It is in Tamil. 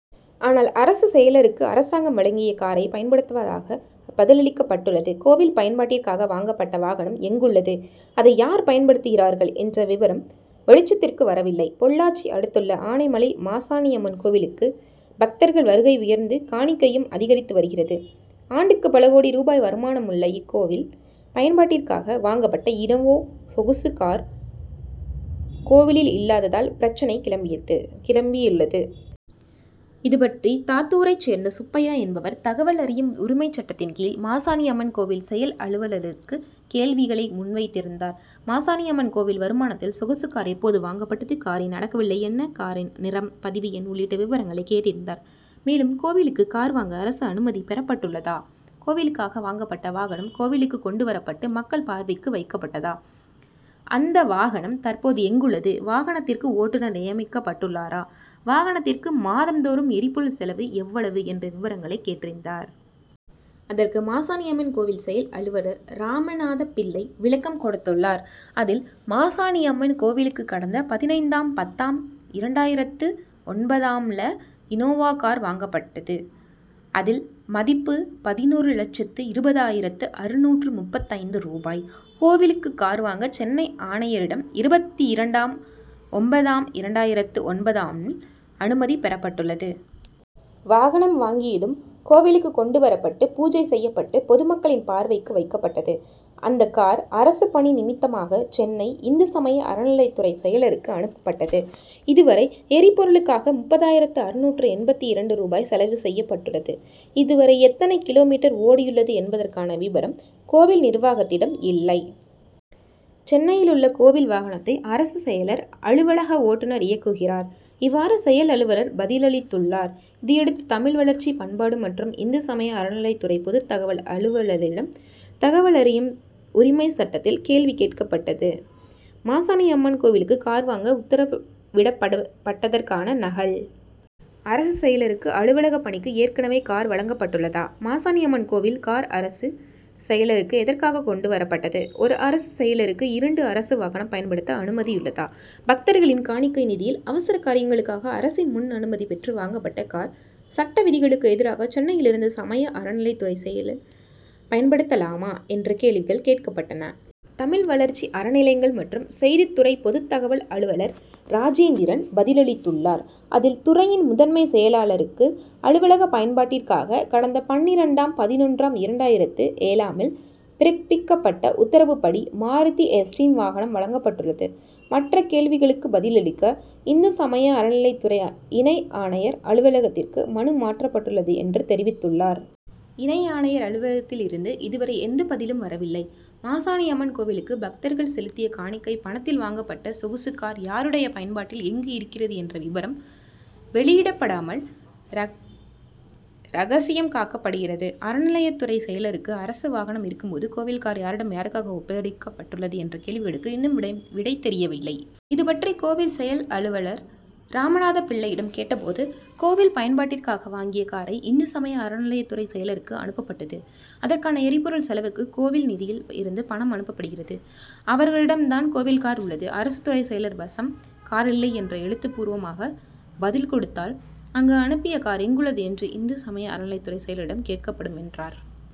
ஆனால், அரசு செயலருக்கு அரசாங்கம் வழங்கிய காரை பயன்படுத்துவதாக பதிலளிக்கப்பட்டுள்ளது. கோவில் பயன்பாட்டிற்காக வாங்கப்பட்ட வாகனம் எங்குள்ளது? அதை யார் பயன்படுத்துகிறார்கள்? என்ற விபரம் வெளிச்சத்திற்கு வரவில்லை. பொள்ளாச்சி அடுத்துள்ள ஆனைமலை மாசாணியம்மன் கோவிலுக்கு பக்தர்கள் வருகை உயர்ந்து காணிக்கையும் அதிகரித்து வருகிறது. ஆண்டுக்கு பல கோடி ரூபாய் வருமானமுள்ள இக்கோவில் பயன்பாட்டிற்காக வாங்கப்பட்ட இனோவா சொகுசு கார், கோவிலில் இல்லாததால் பிரச்னை கிளம்பியுள்ளது. இதுபற்றி தாத்தூரை சேர்ந்த சுப்பையா என்பவர் தகவல் அறியும் உரிமைச்சட்டத்தின் கீழ் மாசாணியம்மன் கோவில் செயல்அலுவலருக்கு கேள்விகளை முன்வைத்திருந்தார். மாசாணியம்மன் கோவில் வருமானத்தில் சொகுசு கார் எப்போது வாங்கப்பட்டது, காரின் அடக்கவிலை என்ன, காரின் நிறம், பதிவு எண் உள்ளிட்ட விபரங்களை கேட்டிருந்தார். மேலும், கோவிலுக்கு கார் வாங்க அரசு அனுமதி பெறப்பட்டுள்ளதா, கோவிலுக்காக வாங்கப்பட்ட வாகனம் கோவிலுக்கு கொண்டு வரப்பட்டு மக்கள் பார்வைக்கு வைக்கப்பட்டதா, அந்த வாகனம் தற்போது எங்குள்ளது, வாகனத்திற்கு ஓட்டுனர் நியமிக்கப்பட்டுள்ளாரா, வாகனத்திற்கு மாதம் தோறும் எரிபொருள் செலவு எவ்வளவு என்ற விபரங்களை கேட்டிருந்தார். அதற்கு, மாசாணியம்மன் கோவில் செயல் அலுவலர் ராமநாதபிள்ளை விளக்கம் கொடுத்துள்ளார். அதில், மாசாணியம்மன் கோவிலுக்கு கடந்த பதினைந்தாம் பத்தாம் இரண்டாயிரத்து ஒன்பதாம்ல இனோவா கார் வாங்கப்பட்டது. அதில் மதிப்பு பதினொரு லட்சத்து இருபதாயிரத்து அறுநூற்று முப்பத்தைந்து ரூபாய். கோவிலுக்கு கார் வாங்க சென்னை ஆணையரிடம் இருபத்திரண்டாம் ஒன்பதாம் இரண்டாயிரத்து ஒன்பதாம் அனுமதி பெறப்பட்டுள்ளது. வாகனம் வாங்கியதும் கோவிலுக்கு கொண்டு வரப்பட்டு பூஜை செய்யப்பட்டு பொதுமக்களின் பார்வைக்கு வைக்கப்பட்டது. அந்த கார் அரசு பணி நிமித்தமாக சென்னை, இந்து சமய அறநிலையத்துறை செயலருக்கு அனுப்பப்பட்டது. இதுவரை எரிபொருளுக்காக முப்பத்தாறாயிரத்து அறுநூற்று எண்பத்திரண்டு ரூபாய் செலவு செய்யப்பட்டுள்ளது. இதுவரை எத்தனை கிலோமீட்டர் ஓடியுள்ளது என்பதற்கான விபரம் கோவில் நிர்வாகத்திடம் இல்லை. சென்னையிலுள்ள கோவில் வாகனத்தை அரசு செயலர் அலுவலக ஓட்டுனர் இயக்குகிறார். இவ்வாறு, செயல் அலுவலர் பதிலளித்துள்ளார். இதையடுத்து, தமிழ் வளர்ச்சி பண்பாடு மற்றும் இந்து சமய அறநிலையத்துறை பொதுத்தகவல் அலுவலரிடம் தகவல் அறியும் உரிமை சட்டத்தில் கேள்வி கேட்கப்பட்டது. மாசாணியம்மன் கோவிலுக்கு கார் வாங்க உத்தரவிடப்பட்டதற்கான நகல், அரசு செயலருக்கு அலுவலக பணிக்கு ஏற்கனவே கார் வழங்கப்பட்டுள்ளதா, மாசாணியம்மன் கோவில் கார் அரசு செயலருக்கு எதற்காக கொண்டு வரப்பட்டது, ஒரு அரசு செயலருக்கு இரண்டு அரசு வாகனம் பயன்படுத்த அனுமதியுள்ளதா, பக்தர்களின் காணிக்கை நிதியில் அவசர காரியங்களுக்காக அரசின் முன் அனுமதி பெற்று வாங்கப்பட்ட கார் சட்டவிதிகளுக்கு எதிராக சென்னையில் இருந்து சமய அறநிலையத்துறை செயலர் பயன்படுத்தலாமா என்ற கேள்விகள் கேட்கப்பட்டன. தமிழ் வளர்ச்சி, அறநிலையங்கள் மற்றும் செய்தி துறை பொதுத் தகவல் அலுவலர் ராஜேந்திரன் பதிலளித்துள்ளார். அதில், துறையின் முதன்மை செயலாளருக்கு அலுவலக பயன்பாட்டிற்காக கடந்த பன்னிரண்டாம் பதினொன்றாம் இரண்டாயிரத்து ஏழாம்ல் பிறப்பிக்கப்பட்ட உத்தரவுப்படி மாருதி எஸ்டீம் வாகனம் வழங்கப்பட்டுள்ளது. மற்ற கேள்விகளுக்கு பதிலளிக்க இந்து சமய அறநிலையத்துறை இணை ஆணையர் அலுவலகத்திற்கு மனு மாற்றப்பட்டுள்ளது என்று தெரிவித்துள்ளார். இணை ஆணையர் அலுவலகத்தில் இருந்து இதுவரை எந்த பதிலும் வரவில்லை. மாசாணியம்மன் கோவிலுக்கு பக்தர்கள் செலுத்திய காணிக்கை பணத்தில் வாங்கப்பட்ட சொகுசு கார் யாருடைய பயன்பாட்டில், எங்கு இருக்கிறது என்ற விபரம் வெளியிடப்படாமல் ரகசியம் காக்கப்படுகிறது. அறநிலையத்துறை செயலருக்கு அரசு வாகனம் இருக்கும் போது, கோவில் கார் யாரிடம் யாருக்காக ஒப்படைக்கப்பட்டுள்ளது என்ற கேள்விகளுக்கு இன்னும் விடை தெரியவில்லை. இது பற்றி கோவில் செயல் அலுவலர் ராமநாதபிள்ளையிடம் கேட்டபோது, கோவில் பயன்பாட்டிற்காக வாங்கிய காரை இந்து சமய அறநிலையத்துறை செயலருக்கு அனுப்பப்பட்டது. அதற்கான எரிபொருள் செலவுக்கு கோவில் நிதியில் இருந்து பணம் அனுப்பப்படுகிறது. அவர்களிடம் தான் கோவில் கார் உள்ளது. அரசு துறை செயலர் வசம் கார் இல்லை என்று எழுத்து பூர்வமாக பதில் கொடுத்தால், அங்கு அனுப்பிய கார் எங்குள்ளது என்று இந்து சமய அறநிலையத்துறை செயலரிடம் கேட்கப்படும் என்றார்.